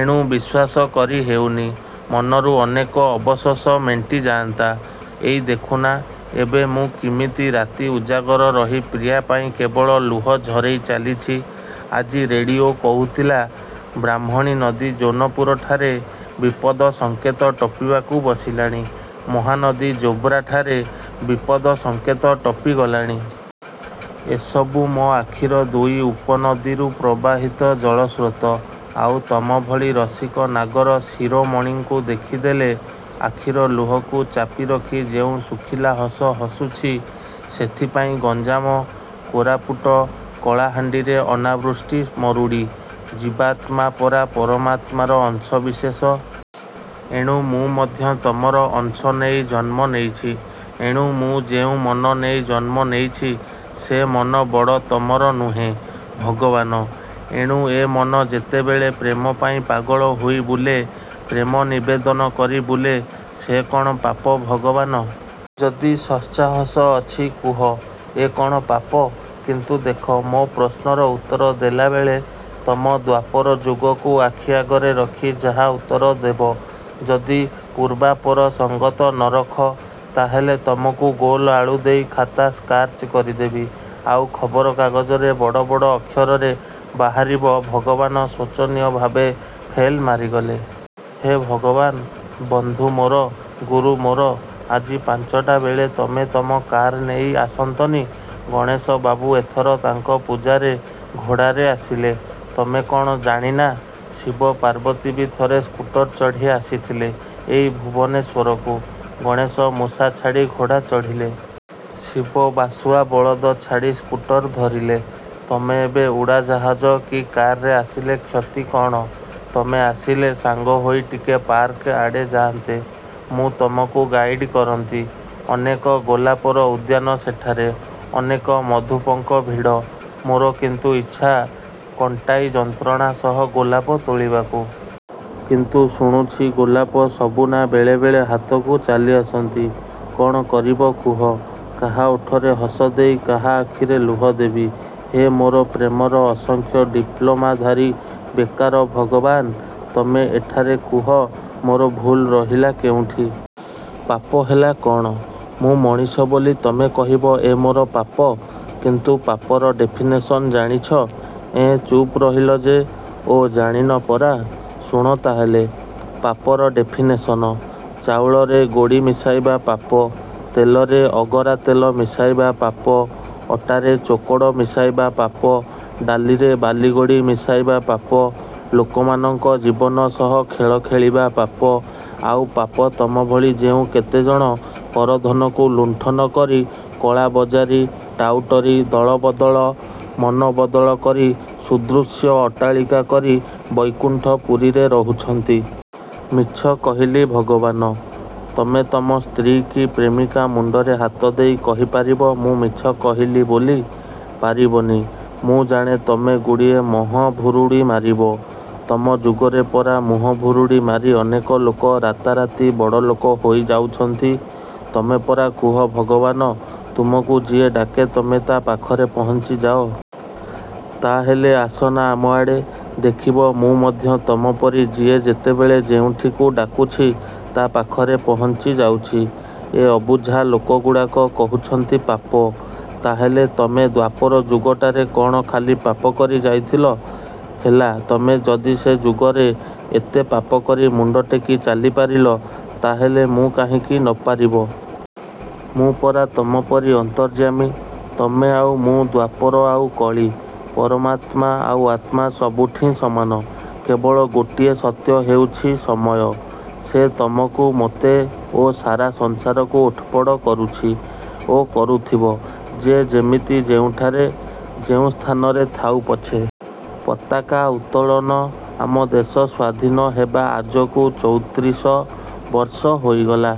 ଏଣୁ ବିଶ୍ୱାସକରି ହେଉନି। ମନରୁ ଅନେକ ଅବଶୋଷ ମେଣ୍ଟିଯାଆନ୍ତା। ଏଇ ଦେଖୁନା, ଏବେ ମୁଁ କିମିତି ରାତି ଉଜାଗର ରହି ପ୍ରିୟା ପାଇଁ କେବଳ ଲୁହ ଝରେଇ ଚାଲିଛି। ଆଜି ରେଡ଼ିଓ କହୁଥିଲା-ବ୍ରାହ୍ମଣୀ ନଦୀ ଜେନାପୁରଠାରେ ବିପଦ ସଂକେତ ଟପିବାକୁ ବସିଲାଣି। ମହାନଦୀ ଯୋବ୍ରାଠାରେ ବିପଦ ସଂକେତ ଟପିଗଲାଣି। ଏ ସବୁ ମୋ' ଆଖିର ଦୁଇ ଉପନଦୀରୁ ପ୍ରବାହିତ ଜଳସ୍ରୋତ। ଆଉ ତମ ଭଳି ରସିକ ନାଗର ଶିରୋମଣୀଙ୍କୁ ଦେଖିଦେଲେ ଆଖିର ଲୁହକୁ ଚାପିରଖି ଯେଉଁ ଶୁଖିଲା ହସ ହସୁଛି ସେଥିପାଇଁ ଗଞ୍ଜାମ, କୋରାପୁଟ, କଳାହାଣ୍ଡିରେ ଅନାବୃଷ୍ଟି, ମରୁଡ଼ି। ଜୀବାତ୍ମା ପରା ପରାମାତ୍ମାର ଅଂଶ ବିଶେଷ। ଏଣୁ ମୁଁ ମଧ୍ୟ ତମର ଅଂଶ ନେଇ ଜନ୍ମ ନେଇଛି। ଏଣୁ ମୁଁ ଯେଉଁ ମନ ନେଇ ଜନ୍ମ ନେଇଛି ସେ ମନ ବଡ଼ ତମର ନୁହେଁ ଭଗବାନ? ଏଣୁ ଏ ମନ ଯେତେବେଳେ ପ୍ରେମପାଇଁ ପାଗଳ ହୋଇ ବୁଲେ, ପ୍ରେମ ନିବେଦନ କରି ବୁଲେ ସେ କ'ଣ ପାପ ଭଗବାନ? ଯଦି ସତ୍ସାହସ ଅଛି କୁହ-ଏ କ'ଣ ପାପ? କିନ୍ତୁ ଦେଖ, ମୋ' ପ୍ରଶ୍ନର ଉତ୍ତର ଦେଲାବେଳେ ତମ ଦ୍ୱାପର ଯୁଗକୁ ଆଖି ଆଗରେ ରଖି ଯାହା ଉତ୍ତର ଦେବ। ଯଦି ପୂର୍ବାପର ସଂଗତ ନ ରଖ ତା'ହେଲେ ତମକୁ ଗୋଲ୍ ଆଳୁଦେଇ ଖାତା ସ୍କାର୍ଚ୍ କରିଦେବି; ଆଉ ଖବରକାଗଜରେ ବଡ଼ ବଡ଼ ଅକ୍ଷରରେ ବାହାରିବ-ଭଗବାନ ଶୋଚନୀୟ ଭାବେ ଫେଲ୍ ମାରିଗଲେ। ହେ ଭଗବାନ୍! ବନ୍ଧୁ ମୋର, ଗୁରୁ ମୋର! ଆଜି ପାଞ୍ଚଟାବେଳେ ତମେ ତମ କାର୍ ନେଇ ଆସନ୍ତନି। ଗଣେଶବାବୁ ଏଥର ତାଙ୍କ ପୂଜାରେ ଘୋଡ଼ାରେ ଆସିଲେ। ତମେ କ'ଣ ଜାଣିନା? ଶିବ-ପାର୍ବତୀ ବି ଥରେ ସ୍କୁଟର ଚଢ଼ି ଆସିଥିଲେ ଏଇ ଭୁବନେଶ୍ୱରକୁ। ଗଣେଶ ମୂଷା ଛାଡ଼ି ଘୋଡ଼ା ଚଢ଼ିଲେ। ଶିବ ବାସୁଆବଳଦ ଛାଡ଼ି ସ୍କୁଟର ଧରିଲେ। ତମେ ଏବେ ଉଡ଼ାଜାହାଜ କି କାର୍ରେ ଆସିଲେ କ୍ଷତି କ'ଣ? ତମେ ଆସିଲେ ସାଙ୍ଗହୋଇ ଟିକେ ପାର୍କଆଡ଼େ ଯାଆନ୍ତେ। ମୁଁ ତମକୁ ଗାଇଡ଼୍ କରନ୍ତି। ଅନେକ ଗୋଲାପର ଉଦ୍ୟାନ ସେଠାରେ। ଅନେକ ମଧୁପଙ୍କ ଭିଡ଼। ମୋର କିନ୍ତୁ ଇଚ୍ଛା, କଣ୍ଟାଇ ଯନ୍ତ୍ରଣା ସହ ଗୋଲାପ ତୋଳିବାକୁ। କିନ୍ତୁ ଶୁଣୁଛି ଗୋଲାପ ସବୁ ନା ବେଳେବଳେ ହାତକୁ ଚାଲିଆସନ୍ତି। କ'ଣ କରିବ କୁହ? କାହା ଓଠରେ ହସ ଦେଇ କାହା ଆଖିରେ ଲୁହ ଦେବି? ହେ ମୋର ପ୍ରେମର ଅସଂଖ୍ୟ ଡିପ୍ଳୋମାଧାରୀ ବେକାର ଭଗବାନ୍! ତମେ ଏଠାରେ କୁହ ମୋର ଭୁଲ୍ ରହିଲା କେଉଁଠି? ପାପ ହେଲା କ'ଣ? ମୁଁ ମଣିଷ ବୋଲି ତମେ କହିବ ଏ ମୋର ପାପ। କିନ୍ତୁ ପାପର ଡେଫିନେସନ୍ ଜାଣିଛ-? ଏଁ ଚୁପ୍ ରହିଲ ଯେ? ଓଃ ଜାଣିନ ପରା! ଶୁଣ ତା'ହେଲେ ପାପର ଡେଫିନେସନ-ଚାଉଳରେ ଗୋଡ଼ି ମିଶାଇବା ପାପ, ତେଲରେ ଅଗରାତେଲ ମିଶାଇବା ପାପ, ଅଟାରେ ଚୋକଡ଼ ମିଶାଇବା ପାପ, ଡାଲିରେ ବାଲି, ଗୋଡ଼ି ମିଶାଇବା ପାପ, ଲୋକମାନଙ୍କ ଜୀବନ ସହ ଖେଳ ଖେଳିବା ପାପ, ଆଉ ପାପ ତମଭଳି ଯେଉଁ କେତେଜଣ ପରଧନକୁ ଲୁଣ୍ଠନ କରି କଳାବଜାରୀ, ଟାଉଟରୀ, ଦଳବଦଳ, ମନ ବଦଳ କରି ସୁଦୃଶ୍ୟ ଅଟ୍ଟାଳିକା କରି ବୈକୁଣ୍ଠପୁରୀରେ ରହୁଛନ୍ତି। ମିଛ କହିଲି ଭଗବାନ? ତମେ ତମ ସ୍ତ୍ରୀ କି ପ୍ରେମିକା ମୁଣ୍ତରେ ହାତଦେଇ କହିପାରିବ ମୁଁ ମିଛ କହିଲି ବୋଲି? ପାରିବନି। ମୁଁ ଜାଣେ ତମେ ଗୁଡ଼ିଏ ମୁହଁଭୁରୁଡ଼ି ମାରିବ। ତମ ଯୁଗରେ ପରା ମୁହଁ ଭୁରୁଡ଼ିମାରି ଅନେକ ଲୋକ ରାତାରାତି ବଡ଼ଲୋକ ହୋଇଯାଉଛନ୍ତି! ତମେ ପରା କୁହ ଭଗବାନ-ତମକୁ ଯିଏ ଡାକେ ତମେ ତା' ପାଖରେ ପହଞ୍ଚି ଯାଅ। ତା'ହେଲେ ଆସନା ଆମଆଡ଼େ, ଦେଖିବ-ମୁଁ ମଧ୍ୟ ତମପରି ଯିଏ ଯେତେବେଳେ ଯେଉଁଠିକୁ ଡାକୁଛି ତା' ପାଖରେ ପହଞ୍ଚିଯାଉଛି। ଏ ଅବୁଝା ଲୋକଗୁଡ଼ାକ କହୁଛନ୍ତି ପାପ। ତା'ହେଲେ ତମେ ଦ୍ଵାପର ଯୁଗଟାରେ କ'ଣ ଖାଲି ପାପକରି ଯାଇଥିଲ? ହେଲା ତମେ ଯଦି ସେ ଯୁଗରେ ଏତେ ପାପକରି ମୁଣ୍ତଟେକି ଚାଲିପାରିଲ, ତା'ହେଲେ ମୁଁ କାହିଁକି ନପାରିବ? ମୁଁ ପରା ତମପରି ଅନ୍ତର୍ଯ୍ୟାମୀ। ତମେ ଆଉ ମୁଁ-ଦ୍ୱାପର ଆଉ କଳି-ପରମାତ୍ମା ଆଉ ଆତ୍ମା-ସବୁଠିଁ ସମାନ। କେବଳ ଗୋଟିଏ ସତ୍ୟ ହେଉଛି ସମୟ। ସେ ତମକୁ ମୋତେ ଓ ସାରା ସଂସାରକୁ ଉଠ୍ପଡ଼ କରୁଛି ଓ କରୁଥିବ ଯେ ଯେମିତି ଯେଉଁଠାରେ। ଯେଉଁ ସ୍ଥାନରେ ଥାଉ ପଛେ। ପତାକା ଉତ୍ତୋଳନ ଆମ ଦେଶ ସ୍ଵାଧୀନ ହେବା ଆଜକୁ ଚଉତ୍ରିଶ ବର୍ଷ ହୋଇଗଲା।